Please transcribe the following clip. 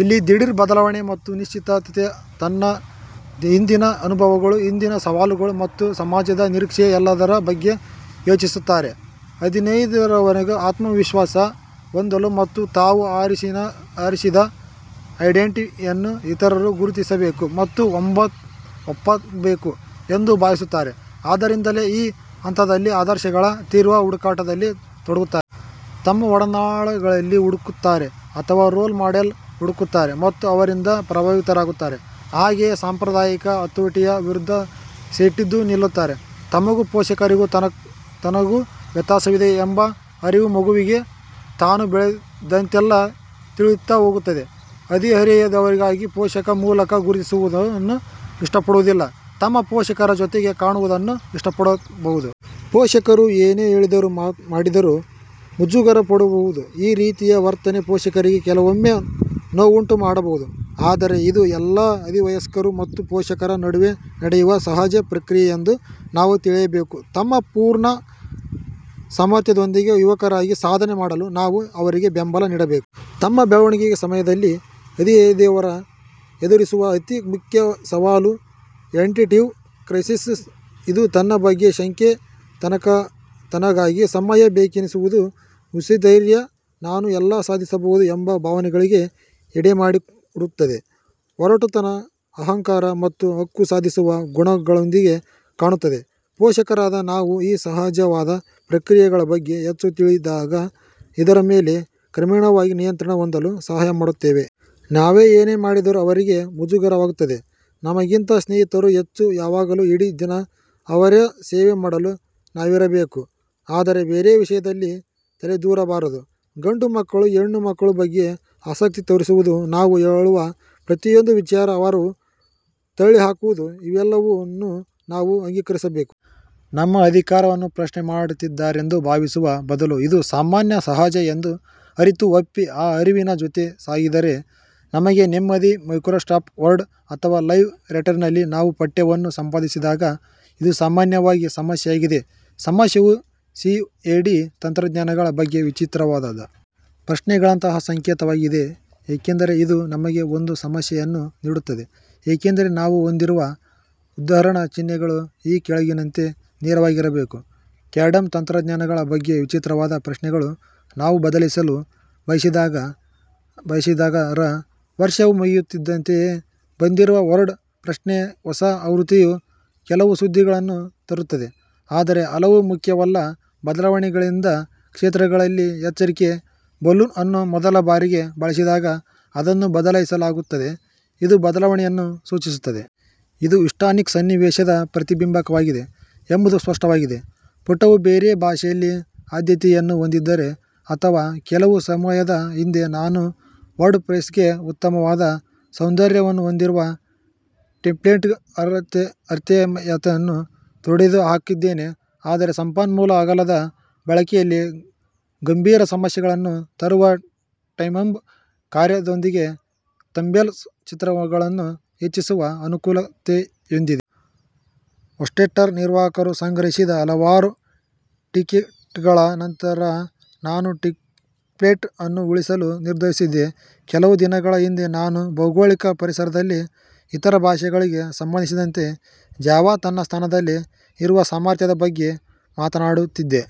ಇಲ್ಲಿ ದಿಢೀರ್ ಬದಲಾವಣೆ ಮತ್ತು ಅನಿಶ್ಚಿತತೆ, ತನ್ನ ಹಿಂದಿನ ಅನುಭವಗಳು, ಇಂದಿನ ಸವಾಲುಗಳು ಮತ್ತು ಸಮಾಜದ ನಿರೀಕ್ಷೆ, ಎಲ್ಲದರ ಬಗ್ಗೆ ಯೋಚಿಸುತ್ತಾರೆ. ಹದಿಹರೆಯದವರು ಆತ್ಮವಿಶ್ವಾಸ ಹೊಂದಲು ಮತ್ತು ತಾವು ಆರಿಸಿದ ಐಡೆಂಟಿಟಿಯನ್ನು ಇತರರು ಗುರುತಿಸಬೇಕು ಮತ್ತು ಒಪ್ಪಬೇಕು ಎಂದು ಭಾವಿಸುತ್ತಾರೆ. ಆದ್ದರಿಂದಲೇ ಈ ಹಂತದಲ್ಲಿ ಆದರ್ಶಗಳ ತೀವ್ರ ಹುಡುಕಾಟದಲ್ಲಿ ತೊಡಗುತ್ತಾರೆ. ತಮ್ಮ ಒಡನಾಡಿಗಳಲ್ಲಿ ಹುಡುಕುತ್ತಾರೆ. ಅಥವಾ ರೋಲ್ ಮಾಡೆಲ್ ಹುಡುಕುತ್ತಾರೆ ಮತ್ತು ಅವರಿಂದ ಪ್ರಭಾವಿತರಾಗುತ್ತಾರೆ. ಹಾಗೆಯೇ ಸಾಂಪ್ರದಾಯಿಕ ಹತೋಟಿಯ ವಿರುದ್ಧ ಸೆಟೆದು ನಿಲ್ಲುತ್ತಾರೆ.. ತಮಗೂ ಪೋಷಕರಿಗೂ ತನಗೂ ವ್ಯತ್ಯಾಸವಿದೆ ಎಂಬ ಅರಿವು ಮಗುವಿಗೆ ತಾನು ಬೆಳೆದಂತೆಲ್ಲ ತಿಳಿಯುತ್ತಾ ಹೋಗುತ್ತದೆ. ಹದಿಹರೆಯದವರಾಗಿ ಪೋಷಕ ಮೂಲಕ ಗುರುತಿಸುವುದನ್ನು ಇಷ್ಟಪಡುವುದಿಲ್ಲ. ತಮ್ಮ ಪೋಷಕರ ಜೊತೆಗೆ ಕಾಣುವುದನ್ನೂ ಇಷ್ಟಪಡದಿರಬಹುದು. ಪೋಷಕರು ಏನೇ ಹೇಳಿದರೂ ಮಾಡಿದರೂ ಮುಜುಗರ ಪಡಬಹುದು. ಈ ರೀತಿಯ ವರ್ತನೆ ಪೋಷಕರಿಗೆ ಕೆಲವೊಮ್ಮೆ ನೋವುಂಟು ಮಾಡಬಹುದು. ಆದರೆ ಇದು ಎಲ್ಲ ಹದಿವಯಸ್ಕರು ಮತ್ತು ಪೋಷಕರ ನಡುವೆ ನಡೆಯುವ ಸಹಜ ಪ್ರಕ್ರಿಯೆ ಎಂದು ನಾವು ತಿಳಿಯಬೇಕು. ತಮ್ಮ ಪೂರ್ಣ ಸಾಮರ್ಥ್ಯದೊಂದಿಗೆ ಯುವಕರಾಗಿ ಸಾಧನೆ ಮಾಡಲು ನಾವು ಅವರಿಗೆ ಬೆಂಬಲ ನೀಡಬೇಕು. ತಮ್ಮ ಬೆಳವಣಿಗೆ ಸಮಯದಲ್ಲಿ ಹದಿಹರೆಯದವರು ಎದುರಿಸುವ ಅತಿ ಮುಖ್ಯ ಸವಾಲು ಐಡೆಂಟಿಟಿ ಕ್ರೈಸಿಸ್. ಇದು ತನ್ನ ಬಗ್ಗೆ ಶಂಕೆ, ತನಗಾಗಿ ಸಮಯ ಬೇಕೆನಿಸುವುದು, ಹುಸಿಧೈರ್ಯ, ನಾನು ಎಲ್ಲ ಸಾಧಿಸಬಹುದು ಎಂಬ ಭಾವನೆಗಳಿಗೆ ಎಡೆಮಾಡಿಕೊಡುತ್ತದೆ. ಒರಟುತನ, ಅಹಂಕಾರ ಮತ್ತು ಹಕ್ಕುಸಾಧಿಸುವ ಗುಣಗಳೊಂದಿಗೆ ಕಾಣುತ್ತದೆ. ಪೋಷಕರಾದ ನಾವು ಈ ಸಹಜವಾದ ಪ್ರಕ್ರಿಯೆಗಳ ಬಗ್ಗೆ ಹೆಚ್ಚು ತಿಳಿದಾಗ, ಇದರ ಮೇಲೆ ಕ್ರಮೇಣವಾಗಿ ನಿಯಂತ್ರಣ ಹೊಂದಲು ಸಹಾಯ ಮಾಡುತ್ತೇವೆ. ನಾವೇ ಏನೇ ಮಾಡಿದರೂ ಅವರಿಗೆ ಮುಜುಗರವಾಗುತ್ತದೆ, ನಮಗಿಂತ ಸ್ನೇಹಿತರು ಹೆಚ್ಚು; ಯಾವಾಗಲೂ ಇಡೀ ದಿನ ಅವರ ಸೇವೆ ಮಾಡಲು ನಾವಿರಬೇಕು ಆದರೆ ಬೇರೆ ವಿಷಯದಲ್ಲಿ ತಲೆದೂರಬಾರದು, ಗಂಡು ಮಕ್ಕಳು ಹೆಣ್ಣು ಮಕ್ಕಳ ಬಗ್ಗೆ ಆಸಕ್ತಿ ತೋರಿಸುವುದು, ನಾವು ಹೇಳುವ ಪ್ರತಿಯೊಂದು ವಿಚಾರ ಅವರು ತಳ್ಳಿಹಾಕುವುದು, ಇವೆಲ್ಲವನ್ನು ನಾವು ಅಂಗೀಕರಿಸಬೇಕು. ನಮ್ಮ ಅಧಿಕಾರವನ್ನು ಪ್ರಶ್ನೆಮಾಡುತ್ತಿದ್ದಾರೆಂದು ಭಾವಿಸುವ ಬದಲು, ಇದು 'ಸಾಮಾನ್ಯ', 'ಸಹಜ' ಎಂದು ಅರಿತು, ಒಪ್ಪಿ, ಆ ಅರಿವಿನ ಜೊತೆ ಸಾಗಿದರೆ ನಮಗೇ ನೆಮ್ಮದಿ. ಮೈಕ್ರೋಸಾಫ್ಟ್ ವರ್ಡ್ ಅಥವಾ ಲೈವ್ ರೈಟರ್ನಲ್ಲಿ ನಾವು ಪಠ್ಯವನ್ನು ಸಂಪಾದಿಸಿದಾಗ ಇದು ಸಾಮಾನ್ಯವಾಗಿ ಸಮಸ್ಯೆಯಾಗಿದೆ. ಸಮಸ್ಯೆಯು ಸಿಎಡಿ ತಂತ್ರಜ್ಞಾನಗಳ ಬಗ್ಗೆ ವಿಚಿತ್ರವಾದ ಪ್ರಶ್ನೆಗಳಂತಹ ಸಂಕೇತವಾಗಿದೆ, ಏಕೆಂದರೆ ಇದು ನಮಗೆ ಒಂದು ಸಮಸ್ಯೆಯನ್ನು ನೀಡುತ್ತದೆ, ಏಕೆಂದರೆ ನಾವು ಹೊಂದಿರುವ ಉದ್ಧರಣ ಚಿಹ್ನೆಗಳು ಈ ಕೆಳಗಿನಂತೆ ನೇರವಾಗಿರಬೇಕು: ಕ್ಯಾಡ್ ತಂತ್ರಜ್ಞಾನಗಳ ಬಗ್ಗೆ ವಿಚಿತ್ರವಾದ ಪ್ರಶ್ನೆಗಳು ನಾವು ಬದಲಾಯಿಸಲು ಬಯಸಿದಾಗ ರ ವರ್ಷವು ಮುಗಿಯುತ್ತಿದ್ದಂತೆಯೇ ಬಂದಿರುವ ವರ್ಡ್ ಪ್ರೆಸ್ನ ಹೊಸ ಆವೃತ್ತಿಯು ಕೆಲವು ಸುದ್ದಿಗಳನ್ನು ತರುತ್ತದೆ, ಆದರೆ ಹಲವು ಮುಖ್ಯವಲ್ಲ: ಬದಲಾವಣೆಗಳಿದ್ದ ಕ್ಷೇತ್ರಗಳಲ್ಲಿ, ಎಚ್ಚರಿಕೆ ಬಲೂನ್ ಅನ್ನು ಮೊದಲ ಬಾರಿಗೆ ಬಳಸಿದಾಗ ಅದನ್ನು ಬದಲಾಯಿಸಲಾಗುತ್ತದೆ, ಇದು ಬದಲಾವಣೆಯನ್ನು ಸೂಚಿಸುತ್ತದೆ. ಇದು ಹಿಸ್ಪಾನಿಕ್ ಸನ್ನಿವೇಶದ ಪ್ರತಿಬಿಂಬವಾಗಿದೆ ಎಂಬುದು ಸ್ಪಷ್ಟವಾಗಿದೆ, ಪುಟವು ಬೇರೆ ಭಾಷೆಯಲ್ಲಿ ಆದ್ಯತೆಯನ್ನು ಹೊಂದಿದ್ದರೆ ಅಥವಾ ಕೆಲವು ಸಮಯದ ಹಿಂದೆ ನಾನು ವರ್ಡ್ ಪ್ರೆಸ್ಗೆ ಉತ್ತಮವಾದ ಸೌಂದರ್ಯವನ್ನು ಹೊಂದಿರುವ ಟೆಂಪ್ಲೆಟ್ ಆರ್ತೆಮಿಯಾವನ್ನು ತೊಡೆದುಹಾಕಿದ್ದೇನೆ ಆದರೆ ಸಂಪನ್ಮೂಲ ಅಗಲದ ಬಳಕೆಯಲ್ಲಿ ಗಂಭೀರ ಸಮಸ್ಯೆಗಳನ್ನು ತರುವ ಟೈಮ್ಟಂಬ್ ಕಾರ್ಯದೊಂದಿಗೆ ಥಂಬ್ನೇಲ್ ಚಿತ್ರಗಳನ್ನು ಹೆಚ್ಚಿಸುವ ಅನನುಕೂಲತೆಯೊಂದಿಗೆ. ಹೋಸ್ಟ್ಗೇಟರ್ ನಿರ್ವಾಹಕರು ಸಂಗ್ರಹಿಸಿದ ಹಲವಾರು ಟಿಕೆಟ್ಗಳ ನಂತರ ನಾನು ಟೆಂಪ್ಲೇಟ್ ಅನ್ನು ಉಳಿಸಲು ನಿರ್ಧರಿಸಿದೆ ಕೆಲವು ದಿನಗಳ ಹಿಂದೆ ನಾನು ಭೌಗೋಳಿಕ ಪರಿಸರದಲ್ಲಿ ಇತರ ಭಾಷೆಗಳಿಗೆ ಸಂಬಂಧಿಸಿದಂತೆ ಜಾವಾ ತನ್ನ ಸ್ಥಾನದಲ್ಲಿ ಇರುವ ಸಾಮರ್ಥ್ಯದ ಬಗ್ಗೆ ಮಾತನಾಡುತ್ತಿದ್ದೆ.